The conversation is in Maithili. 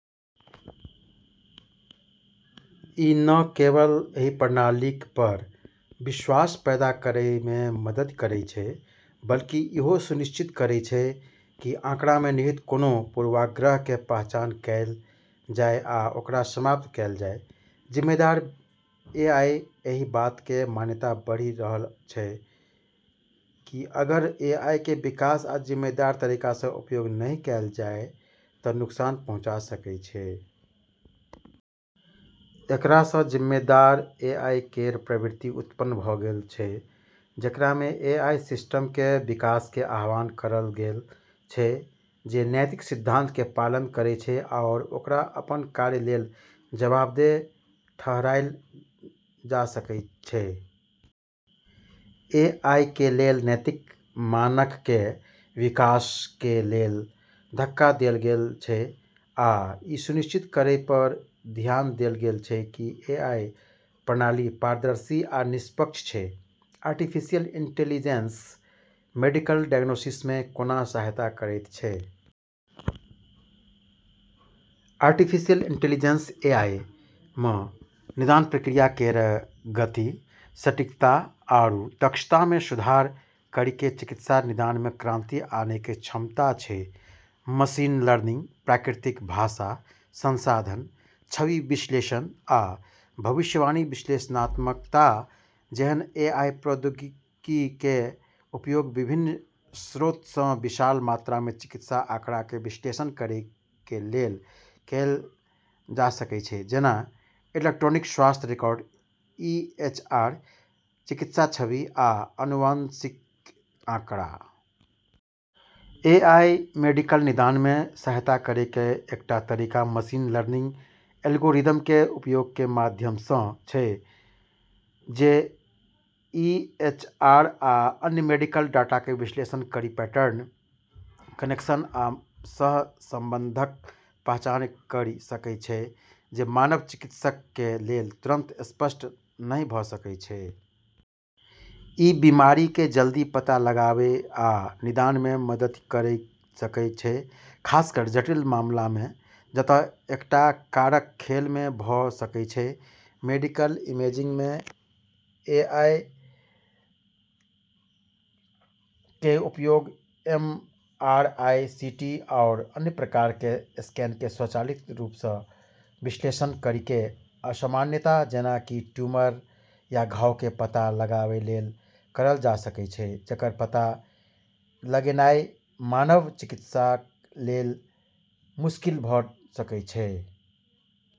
ई न केवल एहि प्रणालीक पर विश्वास पैदा करैमे मदति करै छै बल्कि इहो सुनिश्चित करै छै कि आंकड़ामे निहित कोनों पूर्वाग्रहके पहचान कैल जाइ आ ओकरा समाप्त कैल जाय । जिम्मेदार एआई: एहि बातके मान्यता बढ़ि रहल छै कि अगर एआईके विकास आ जिम्मेदार तरीकासँ उपयोग नहि कैल जाइ त' नुकसान पहुंचा सकै छै । एकरासँ "जिम्मेदार एआई" केर प्रवृत्ति उत्पन्न भ' गेल छै जेकरामे एआई सिस्टमके विकासके आह्वान करल गेल छै जे नैतिक सिद्धांतके पालन करै छै आओर ओकरा अपन कार्य लेल जवाबदेह ठहराइल जा सकै छै। एआईके लेल नैतिक मानकके विकासके लेल धक्का देल गेल छै, आ ई सुनिश्चित करै पर धियान देल गेल छै कि एआई प्रणाली पारदर्शी आ निष्पक्ष छै । आर्टिफिशियल इंटेलिजेंस मेडिकल डायग्नोसिसमे कोना सहायता करैत छै? आर्टिफिशियल इंटेलिजेंस (एआई) म' निदान प्रक्रिया केरऽ गति, सटीकता आरू दक्षतामे सुधार करिके चिकित्सा निदानमे क्रांति आनैके क्षमता छै। मशीन लर्निंग, प्राकृतिक भाषा संसाधन, छवि विश्लेषण, आ भविष्यवाणी विश्लेषणात्मकता जेहन एआई प्रौद्योगिकीके उपयोग विभिन्न स्रोतसँ विशाल मात्रामे चिकित्सा आंकड़ाके विश्लेषण करैके लेल कैल जा सकै छै, जेना इलेक्ट्रॉनिक स्वास्थ्य रिकॉर्ड (ईएचआर), चिकित्सा छवि, आ आनुवंशिक आंकड़ा । एआई मेडिकल निदानमे सहायता करैके एकटा तरीका मशीन लर्निंग एल्गोरिदमके उपयोगके माध्यमसँ छै जे ईएचआर आ अन्य मेडिकल डाटाके विश्लेषण करि पैटर्न, कनेक्शन आ सहसंबंधक पहचान करि सकै छै जे मानव चिकित्सकके लेल तुरंत स्पष्ट नहि भ' सकै छै । ई बीमारिके जल्दी पता लगाबै आ निदानमे मदति करि सकै छै, खासकर जटिल मामलामे जतऽ कएटा कारक खेलमे भ' सकै छै । मेडिकल इमेजिंगमे एआईके उपयोग एमआरआई, सीटी आओर अन्य प्रकारके स्कैनके स्वचालित रूपसँ विश्लेषण करिके असामान्यता, जेना कि ट्यूमर या घावके पता लगाबै लेल करल जा सकै छै, जेकर पता लगेनाइ मानव चिकित्सक लेल मुश्किल भ' सकै छै।